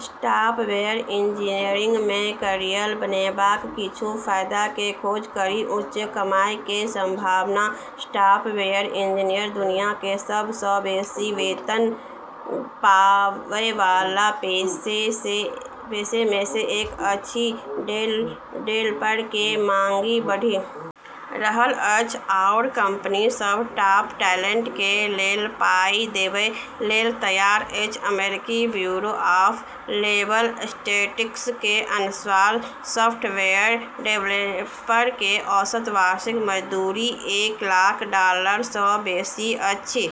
Software engineering में career बनेबाक किछु फायदा के खोज करी, उच्च कमाई के संभावना सॉफ्टवेयर इंजीनियर दुनिया के सब सं बेसी वेतन पाबय वाला पेशे में सं एक अछि, डेवलपर के मांग बढ़ि रहल अछि आओर कंपनी सभ टॉप टैलेंट के लेल पाई देबय लेल तैयार अछि, अमेरिकी ब्यूरो ऑफ लेबर स्टेटिस्टिक्स के अनुसार सॉफ्टवेयर डेवलपर के औसत वार्षिक मजदूरी एक लाख डॉलर सं बेसी अछि,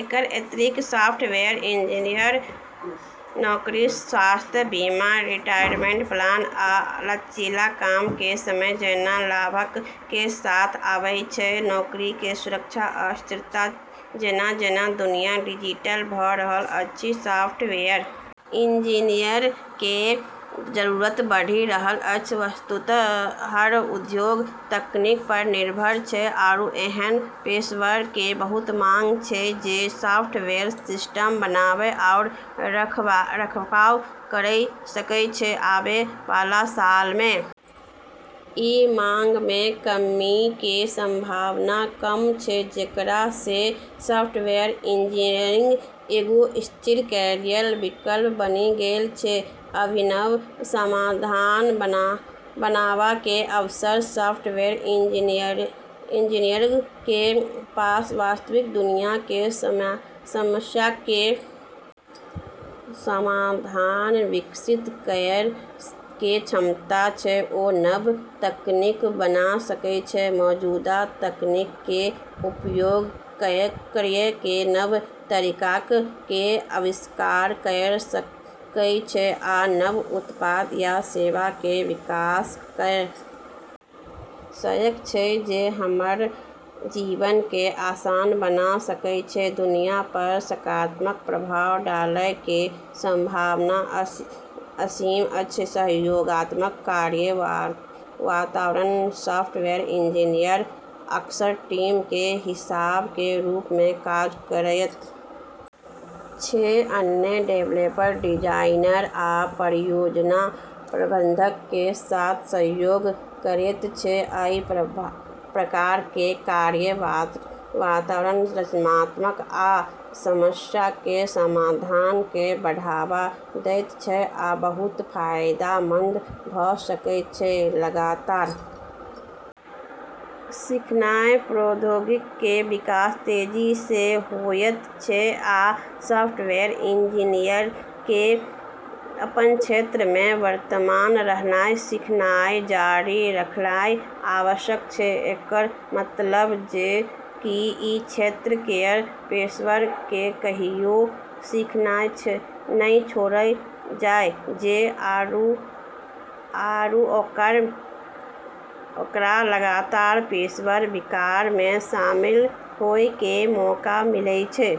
एकर अतिरिक्त सॉफ्टवेयर इंजीनियरिंग कें नौकरी स्वास्थ्य बीमा, रिटायरमेंट प्लान आ लचीला काम कें समय जैना लाभक कें साथ आबै छै, नौकरी के सुरक्षा आ स्थिरता जेना-जेना दुनिया डिजिटल भ रहल अछि, सॉफ्टवेयर इंजीनियर के जरूरत बढ़ि रहल अछि, वस्तुतः हर उद्योग तकनीक पर निर्भर छै आरू ऐन्हऽ पेशेवरऽ के बहुत मांग छै जे सॉफ्टवेयर सिस्टम बनाबै आरू रखरखाव करी सकै छै, आबै वाला सालऽ मे ई मांग मे कमी के संभावना कम छै जेकरा से सॉफ्टवेयर इंजीनियरिंग एगो स्थिर कैरियर विकल्प बनी गेलऽ छै, अभिनव समाधान बनावा कें अवसर सॉफ्टवेयर इंजीनियरक कें पास वास्तविक दुनिया कें समस्याक कें समाधान विकसित करय कें क्षमता छै, ओ नव तकनीक बना सकय छै, मौजूदा तकनीक कें उपयोग करय कें नव तरीकाक कें आविष्कार कयर सकय छै आ नव उत्पाद या सेवाक कें विकास कयर सकय छै जे हमर जीवन कें आसान बना सकय छै, दुनिया पर सकारात्मक प्रभाव डालय के संभावना असीम अछि, सहयोगात्मक कार्य वातावरण सॉफ्टवेयर इंजीनियर अक्सर टीम कें हिस्सा कें रूप मे काज करएयत छै अन्य डेवलपर, डिजाइनर आ परियोजना प्रबंधक कें साथ सहयोग करएयत छै, अइ प्रकार कें कार्य वातावरण रचनात्मकता आ समस्याक कें समाधान कें बढ़ावा देयत छै आ बहुत फायदेमंद भ सकय छै, लगातार सीखनाय प्रौद्योगिकी कें विकास तेजी सं होयत छै आ सॉफ्टवेयर इंजीनियरक कें अपन क्षेत्र मे वर्तमान रहनाय सीखनाय जारी रखनाय आवश्यक छै, एकरऽ मतलब छै कि ई क्षेत्र केरऽ पेशेवरऽ के कहियो सीखना नै छोड़लऽ जाय छै आरू ओकरा लगातार पेशेवर विकास मे शामिल होय के मौका मिलै छै।